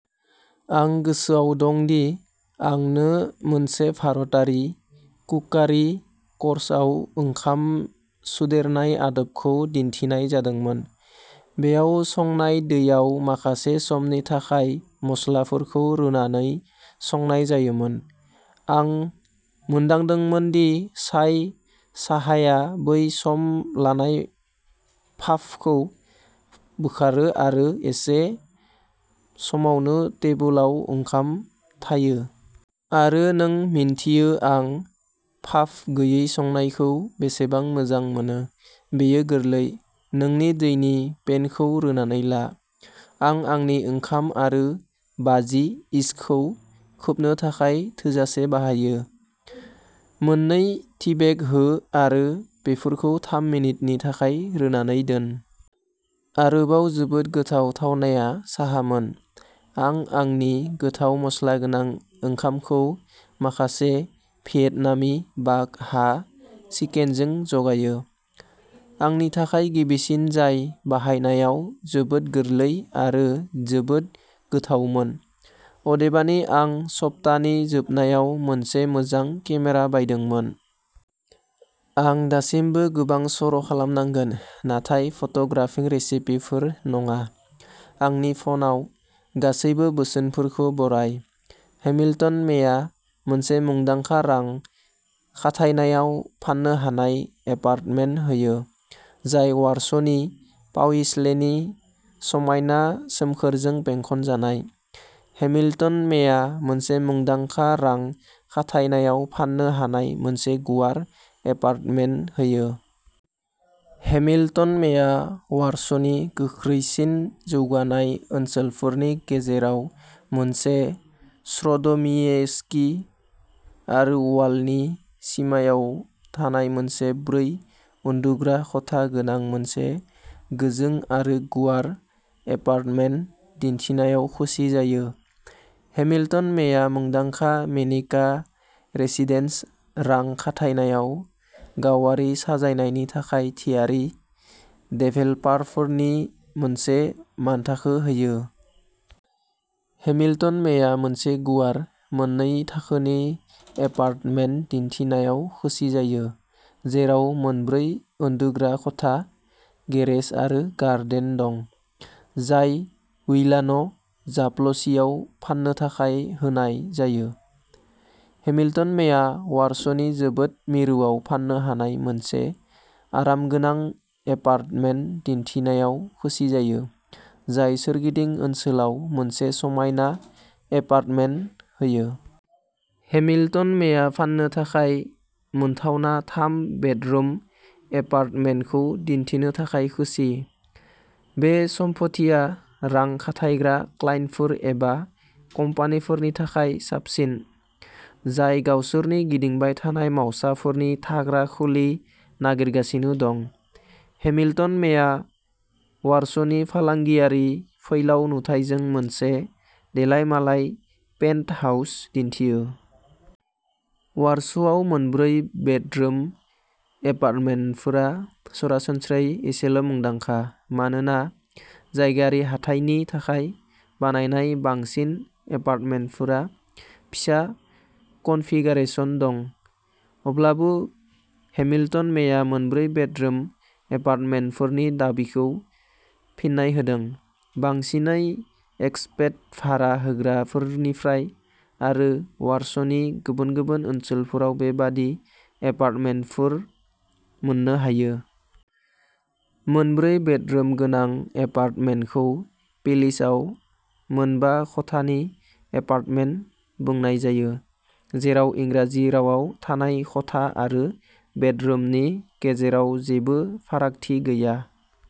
आं गोसोआव दं दि, आंनो मोनसे भारतारि कुकारि कर्सआव ओंखाम सोदेरनाय आदबखौ दिन्थिनाय जादोंमोन। बेयाव संनाय दैयाव माखासे समनि थाखाय मस्लाफोरखौ रुनानै संनाय जायोमोन। आं मोनदांदोंमोन दि चाय साहाया बै सम लानाय फाफखौ बोखारो आरो एसे समावनो टेबोलाव ओंखाम थायो। आरो नों मिन्थियो आं फाफ गैयै संनायखौ बेसेबां मोजां मोनो बेयो गोरलै। नोंनि दैनि पेनखौ रुनानै ला। आं आंनि ओंखाम आरो बाजि इशखौ खोबनो थाखाय थोजासे बाहायो। मोननै टीबेग हो आरो बेफोरखौ थाम मिनिटनि थाखाय रुनानै दोन। आरोबाव जोबोद गोथाव थावनाया साहामोन! आं आंनि गोथाव मस्ला गोनां ओंखामखौ माखासे भियेटनामी बाक हा चिकेनजों जगायो। आंनि थाखाय गिबिसिन जाय बानायनायाव जोबोद गोरलै आरो जोबोद गोथावमोन अदेबानि आं सप्तानि जोबनायाव मोनसे मोजां केमेरा बायदोंमोन आं दासिमबो गोबां सर'खालामनांगोन, नाथाय फट'ग्राफिं रेसिपिफोर नाङा। आंनि फ'नाव गासैबो बोसोनफोरखौ बराय हेमिल्टन मेया मोनसे मुंदांखा रां खाथायनायाव फान्नो हानाय एपार्टमेन्ट होयो जाय वारस'नि पाविस्लेनि समायना सोमखोरजों बेंखनजानाय। हेमिल्टन मेया मोनसे मुंदांखा रां खाथायनायाव फान्नो हानाय मोनसे गुवार एपार्टमेन्ट होयो। हेमिल्टन मेया वारस'नि गोख्रैसिन जौगानाय ओनसोलफोरनि गेजेराव मोनसे श्र'डमिएस्कि आरो व'लानि सिमायाव थानाय मोन ब्रै उन्दुग्रा खथा गोनां मोनसे गोजों आरो गुवार एपार्टमेन्ट दिनथिनायाव खुसि जायो। हेमिल्टन मेया मुंदांखा मेनिका रेसिडेन्स रां खाथायनायाव गावारि साजायनायनि थाखाय थियारि देभेलपारफोरनि मोनसे मानथाखो होयो। हेमिल्टन मेया मोनसे गुवार, मोननै-थाखोनि एपार्टमेन्ट दिनथिनायाव खुसि जायो, जेराव मोनब्रै उन्दुग्रा खथा, गेरेज आरो गार्डेन दं, जाय विलान'- जाप्ल'चिआव फान्नो थाखाय होनाय जायो। हेमिल्टन मेया वारस'नि जोबोद मिरुआव फान्नो हानाय मोनसे आरामगोनां एपार्टमेन्ट दिनथिनायाव खुसि जायो, जाय सोरगिदिं ओनसोलाव मोनसे समायना एपार्टमेन्ट होयो। हेमिल्टन मेया फान्नो थाखाय मोनथावना थाम बेडरुम एपार्टमेन्टखौ दिन्थिनो थाखाय खुसि। बे सम्फथिया रां खाथायग्रा क्लाइन्टफोर एबा कम्पानिफोरनि थाखाय साबसिन, जाय गावसोरनि गिदिंबाय थानाय मावसाफोरनि थाग्रा खुलि नागिरगासिनो दं। हेमिल्टन मेआ वारस'नि फालांगियारि फैलाव नुथायजों मोनसे देलायमालाय पेन्टहाउस दिन्थियो। वारस'आव मोनब्रै बेडरुम एपार्टमेन्टफोरा सरासनस्रायै एसेल'मुंदांखा, मानोना जायगायारि हाथाइनि थाखाय बानायनाय बांसिन एपार्टमेन्टफोरा फिसा कनफिगारेशन दं। अब्लाबो, हेमिल्टन मेआ मोनब्रै बेडरुम एपार्टमेन्टफोरनि दाबिखौ फिन्नाय होदों, बांसिनै एक्सपेट भारा होग्राफोरनिफ्राय, आरो वारस'नि गुबुन गुबुन ओनसोलफोराव बेबादि एपार्टमेन्टफोर मोननो हायो। मोनब्रै बेडरुम गोनां एपार्टमेन्टखौ पोलिशआव मोनबा खथानि एपार्टमेन्ट बुंनाय जायो, जेराव इंराजि रावाव थानाय खथा आरो बेडरुमनि गेजेराव जेबो फारागथि गैया।